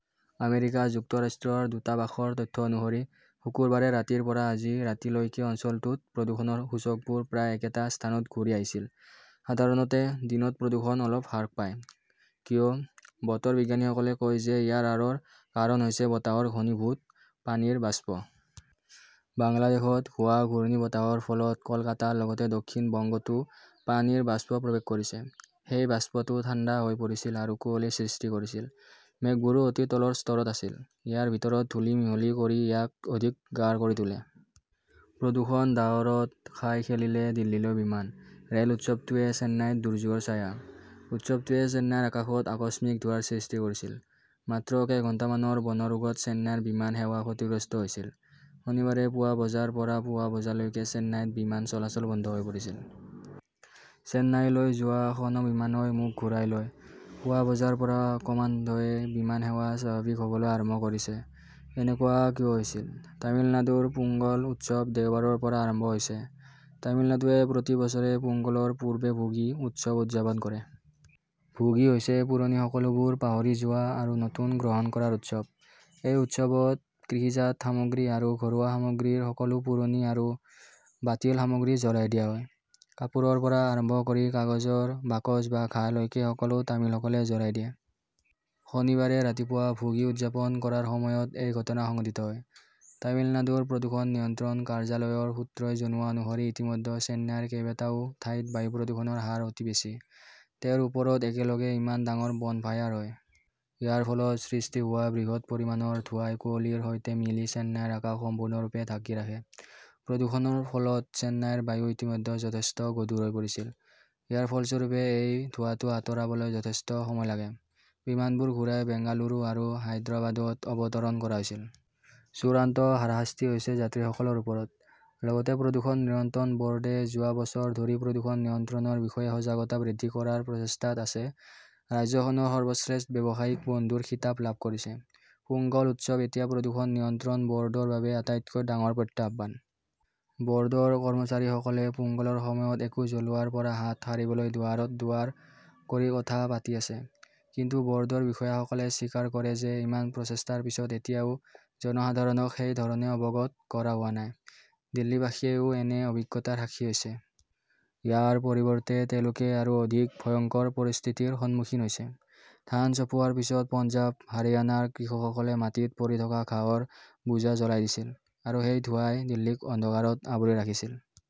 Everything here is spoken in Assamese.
আমেৰিকা যুক্তৰাষ্ট্ৰৰ দূতাবাসৰ তথ্য অনুসৰি, শুকুৰবাৰে ৰাতিৰ পৰা আজি ৰাতি লৈকে অঞ্চলটোত প্ৰদূষণৰ সূচকবোৰ প্ৰায় একেটা স্থানত ঘূৰি আহিছিল। সাধাৰণতে, দিনত প্ৰদূষণ অলপ হ্ৰাস পায়। কিয়? বতৰ বিজ্ঞানীসকলে কয় যে ইয়াৰ আঁৰৰ কাৰণ হৈছে বতাহৰ ঘনীভূত পানীৰ বাষ্প। বাংলাদেশত হোৱা ঘূৰ্ণীবতাহৰ ফলত কলকাতাৰ লগতে দক্ষিণ বংগতো পানীৰ বাষ্প প্ৰৱেশ কৰিছে। সেই বাষ্পটো ঠাণ্ডা হৈ পৰিছিল আৰু কুঁৱলী সৃষ্টি কৰিছিল। মেঘবোৰো অতি তলৰ স্তৰত আছিল। ইয়াৰ ভিতৰত ধূলি মিহলি কৰি ইয়াক অধিক গাঢ় কৰি তোলে। প্ৰদূষণ-ডাৱৰত খাই খেলিলে দিল্লীলৈ বিমান, ৰে'ল উৎসৱটোৱেই চেন্নাইত দুৰ্যোগৰ ছায়া। উৎসৱটোৱে চেন্নাইৰ আকাশত আকস্মিক ধোঁৱাৰ সৃষ্টি কৰিছিল। মাত্ৰ কেইঘণ্টামানৰ বনৰোগত চেন্নাইৰ বিমান সেৱা ক্ষতিগ্ৰস্ত হৈছিল। শনিবাৰে পুৱা বজাৰ পৰা পুৱা বজালৈকে চেন্নাইত বিমান চলাচল বন্ধ হৈ পৰিছিল। চেন্নাইলৈ যোৱা খন বিমানই মুখ ঘূৰাই লয়। পুৱা বজাৰ পৰা ক্ৰমান্বয়ে বিমান সেৱা স্বাভাৱিক হ'বলৈ আৰম্ভ কৰিছে। এনেকুৱা কিয় হৈছিল? তামিলনাডুৰ পোংগল উৎসৱ দেওবাৰৰ পৰা আৰম্ভ হৈছে। তামিলনাডুৱে প্ৰতি বছৰে পোঙ্গলৰ পূৰ্বে ভোগী উৎসৱ উদযাপন কৰে। ভোগী হৈছে পুৰণি সকলোবোৰ পাহৰি যোৱা আৰু নতুনটো গ্ৰহণ কৰাৰ উৎসৱ। এই উৎসৱত কৃষিজাত সামগ্ৰী আৰু ঘৰুৱা সামগ্ৰীৰ সকলো পুৰণি আৰু বাতিল সামগ্ৰী জ্বলাই দিয়া হয়। কাপোৰৰ পৰা আৰম্ভ কৰি কাগজৰ বাকচ বা ঘাঁহলৈকে সকলো তামিলসকলে জ্বলাই দিয়ে। শনিবাৰে ৰাতিপুৱা ভোগী উদযাপন কৰাৰ সময়তে এই ঘটনা সংঘটিত হয়। তামিলনাডুৰ প্ৰদূষণ নিয়ন্ত্ৰণ কাৰ্যালয়ৰ সূত্ৰই জনোৱা অনুসৰি ইতিমধ্যে চেন্নাইৰ কেইবাটাও ঠাইত বায়ু প্ৰদূষণৰ হাৰ অতি বেছি। তেওঁৰ ওপৰত একেলগে ইমান ডাঙৰ বনফায়াৰ হয়। ইয়াৰ ফলত সৃষ্টি হোৱা বৃহৎ পৰিমাণৰ ধোঁৱাই কুঁৱলীৰ সৈতে মিলি চেন্নাইৰ আকাশ সম্পূৰ্ণৰূপে ঢাকি ৰাখে। প্ৰদূষণৰ ফলত চেন্নাইৰ বায়ু ইতিমধ্যে যথেষ্ট গধুৰ হৈ পৰিছিল। ইয়াৰ ফলস্বৰূপে এই ধোঁৱাটো আঁতৰাবলৈ যথেষ্ট সময় লাগে। বিমানবোৰ ঘূৰাই বেংগালুৰু আৰু হায়দৰাবাদত অৱতৰণ কৰা হৈছিল। চূড়ান্ত হাৰাশাস্তি হৈছে যাত্ৰীসকলৰ ওপৰত। লগতে প্ৰদূষণ নিয়ন্ত্ৰণ বৰ্ডে যোৱা বছৰ ধৰি প্ৰদূষণ নিয়ন্ত্ৰণৰ বিষয়ে সজাগতা বৃদ্ধি কৰাৰ প্ৰচেষ্টাত আছে, ৰাজ্যখনৰ সৰ্বশ্ৰেষ্ঠ ব্যৱসায়িক-বন্ধুৰ খিতাপ লাভ কৰিছে। পোংগল উৎসৱ এতিয়া প্ৰদূষণ নিয়ন্ত্ৰণ ব'ৰ্ডৰ বাবে আটাইতকৈ ডাঙৰ প্ৰত্যাহ্বান। ব'ৰ্ডৰ কৰ্মচাৰীসকলে পোঙ্গলৰ সময়ত একো জ্বলোৱাৰ পৰা হাত সাৰিবলৈ দুৱাৰত দুৱাৰ কৰি কথা পাতি আছে। কিন্তু ব'ৰ্ডৰ বিষয়াসকলে স্বীকাৰ কৰে যে ইমান প্ৰচেষ্টাৰ পিছত এতিয়াও জনসাধাৰণক সেই ধৰণে অৱগত কৰা হোৱা নাই। দিল্লীবাসীয়েও এনে অভিজ্ঞতাৰ সাক্ষী হৈছে। ইয়াৰ পৰিৱৰ্তে তেওঁলোকে আৰু অধিক ভয়ংকৰ পৰিস্থিতিৰ সন্মুখীন হৈছে। ধান চপোৱাৰ পিছত পঞ্জাৱ, হাৰিয়ানাৰ কৃষকসকলে মাটিত পৰি থকা ঘাঁহৰ বোজা জ্বলাই দিছিল। আৰু সেই ধোঁৱাই দিল্লীক অন্ধকাৰত আৱৰি ৰাখিছিল।